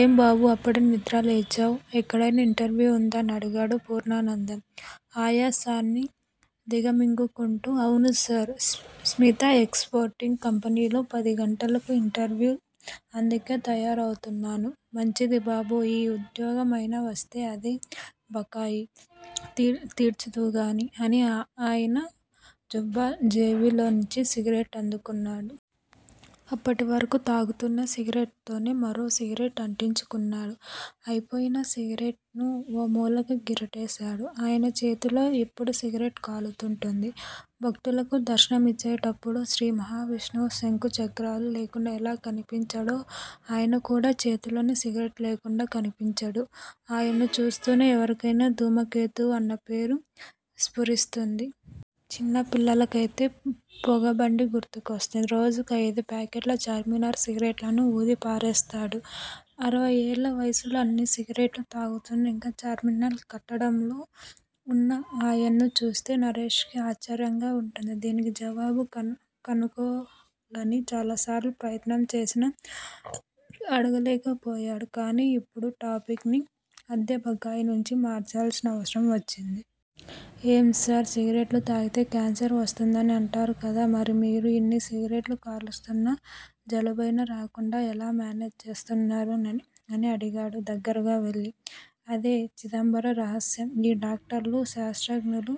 ఏం బాబూ! అప్పుడే నిద్రలేచావ్! ఎక్కడైనా ఇంటర్వ్యూ వుందా? అని అడిగాడు పూర్ణానందం ఆయాసాన్ని దిగమింగుకుంటూ. అవును సార్.స్మిత్ స్మిత ఎక్స్ పోర్టింగ్ కంపెనీలో పదిగంటలకు ఇంటర్వ్యూ. అందుకే తయారవుతున్నాను. మంచిది బాబూ. ఈ ఉద్యోగం అయినా వస్తే అదే బకాయి తీర్చుదువుగానీ అని ఆయన జుబ్బా జేబులోంచి సిగరెట్ అందుకున్నాడు. అప్పటివరకు తాగుతున్న సిగరెట్ తోనే మరో సిగరెట్ అంటించుకున్నాడు. అయిపోయిన సిగరెట్ ను ఓ మూలకు గిరటేశాడు. ఆయన చేతిలో ఎప్పుడూ సిగరెట్ కాలుతుంటుంది. భక్తులకు దర్శనమిచ్చేటప్పుడు శ్రీ మహావిష్ణువు శంఖుచక్రాలు లేకుండా ఎలా కనిపించడో ఆయన కూడా చేతిలోని సిగరెట్ లేకుండా కనిపించడు. ఆయన్ను చూస్తూనే ఎవరికైనా 'ధూమకేతువు' అన్న పేరు స్ఫురిస్తుంది. చిన్న పిల్లలకయితే పొగబండి గుర్తుకొస్తుంది. రోజుకి అయిదు ప్యాకెట్ల చార్మినార్ సిగరెట్లను వూదిపారేస్తాడు. అరవయేళ్ళ వయసులో అన్ని సిగరెట్లు తాగుతున్నా ఇంకా చార్మినార్ కట్టడంలో వున్న ఆయన్ను చూస్తే నరేష్ కి ఆశ్చర్యంగా వుంటుంది. దీనికి జవాబు కను కనుగొనాలని చాలాసార్లు ప్రయత్నం చేసినా అడగలేకపోయాడు. కానీ ఇప్పుడు టాపిక్ ని అద్దె బకాయి నుంచి మార్చాల్సిన అవసరం వచ్చింది. ఏం సార్! సిగరెట్లు తాగితే కాన్సర్ వస్తుందని అంటారు కదా. మరి మీరు ఇన్ని సిగరెట్లు కాలుస్తున్నా జలుబైనా రాకుండా ఎలా మేనేజ్ చేస్తున్నారోనని అని అడిగాడు దగ్గరగా వెళ్ళి. అదే చిదంబర రహస్యం. ఈ డాక్టర్లు, శాస్త్రజ్ఞులు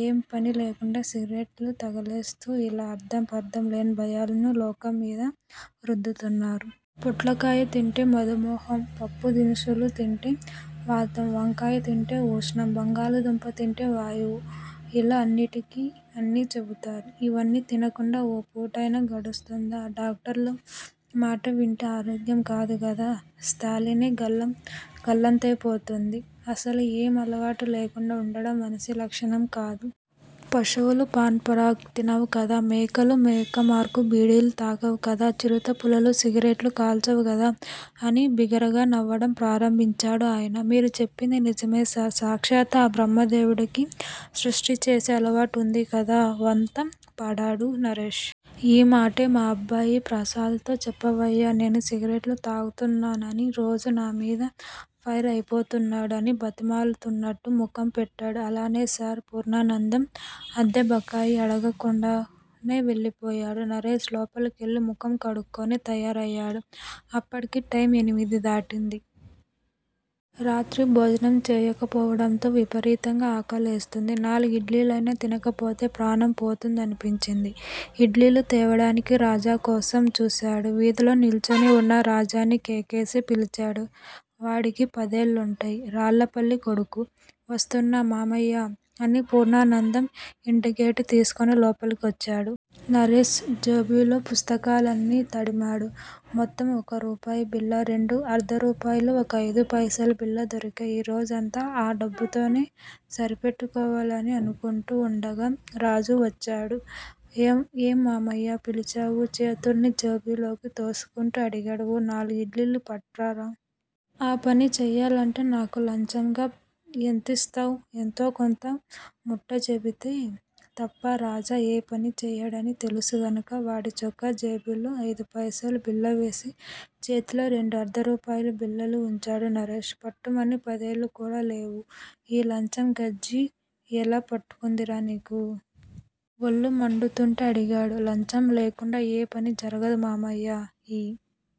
ఏం పని లేకుండా సిగరెట్లు తగలేస్తూ ఇలా అర్థంపర్థం లేని భయాలను లోకం మీద రుద్దుతున్నారు. పొట్లకాయ తింటే మధుమోహం, పప్పు దినుసులు తింటే వాతం, వంకాయ తింటే ఊష్ణం, బంగాళాదుంప తింటే వాయువు ఇలా అన్నిటికీ అన్నీ చెబుతారు. ఇవన్నీ తినకుండా ఓ పూటైనా గడుస్తుందా? డాక్టర్ల మాట వింటే ఆరోగ్యం కాదుగదా శాలినే గల్లంతైపోతుంది. అసలు ఏ అలవాటూ లేకుండా వుండడం మనిషి లక్షణం కాదు. పశువులు పాన్ పరాగ్ తినవు కదా. మేకలు మేకమార్కు బీడీలు తాగవు కదా. చిరుతపులులు సిగరెట్లు కాల్చవుగదా అని బిగ్గరగా నవ్వడం ప్రారంభించాడు ఆయన. మీరు చెప్పింది నిజమే సార్. సాక్షాత్తు ఆ బ్రహ్మదేవుడికి సృష్టి చేసే అలవాటు వుంది కదా వంతం పాడాడు నరేష్. ఈ మాటే మా అబ్బాయి ప్రసాద్ తో చెప్పవయ్యా, నేను సిగరెట్లు తాగుతున్నానని రోజూ నామీద ఫైర్ అయిపోతున్నాడు అని బతిమాలుతున్నట్టు ముఖం పెట్టాడు. అలానే సార్ పూర్ణానందం అద్దెబకాయి అడగక్కుండానే వెళ్ళిపోయాడు. నరేష్ లోపలికెళ్ళి ముఖం కడుక్కుని తయారయ్యాడు. అప్పటికి టైమ్ ఎనిమిది దాటింది. రాత్రి భోజనం చేయకపోవడంతో విపరీతంగా ఆకలేస్తోంది. నాలుగు ఇడ్లీలైనా తినకపోతే ప్రాణం పోతుందనిపించింది. ఇడ్లీలు తేవడానికి రాజా కోసం చూశాడు. వీధిలో నిల్చుని వున్న రాజాని కేకేసి పిలిచాడు. వాడికి పదేళ్లుంటాయి. రాళ్ళపల్లి కొడుకు. వస్తున్నా మామయ్యా! అని పూర్ణానందం ఇంటిగేటు తీసుకుని లోపలికి వచ్చాడు. నరేష్ జేబులో, పుస్తకాలన్నీ తడిమాడు. మొత్తం ఒక రూపాయి బిళ్ళ, రెండు అర్థరూపాయలు, ఒక ఐదుపైసలు బిళ్ళా దొరికాయి. ఈ రోజంతా ఆ డబ్బుతోనే సరిపెట్టుకోవాలని అనుకుంటూ వుండగా రాజు వచ్చాడు. ఏం మామయ్యా! పిలిచావు చేతుల్ని జేబుల్లోకి తోసుకుంటూ అడిగాడు. ఓ నాలుగు ఇడ్లీలు పట్రారా. ఆ పని చేయాలంటే నాకు లంచంగా ఎంతిస్తావ్? ఎంతో కొంత ముట్టచెబితే తప్ప రాజా ఏ పనీ చేయడని తెలుసు గనుక వాడి చొక్కా జేబులో ఐదుపైసలు బిళ్ళవేసి చేతిలో రెండు అర్థరూపాయల బిళ్ళలు వుంచాడు నరేష్. పట్టుమని పదేళ్ళు కూడా లేవు, ఈ లంచం గజ్జి ఎలా పట్టుకుందిరా నీకు? ఒళ్ళు మండుతుంటే అడిగాడు. లంచం లేకుండా ఏ పనీ జరగదు మామయ్యా. ఈ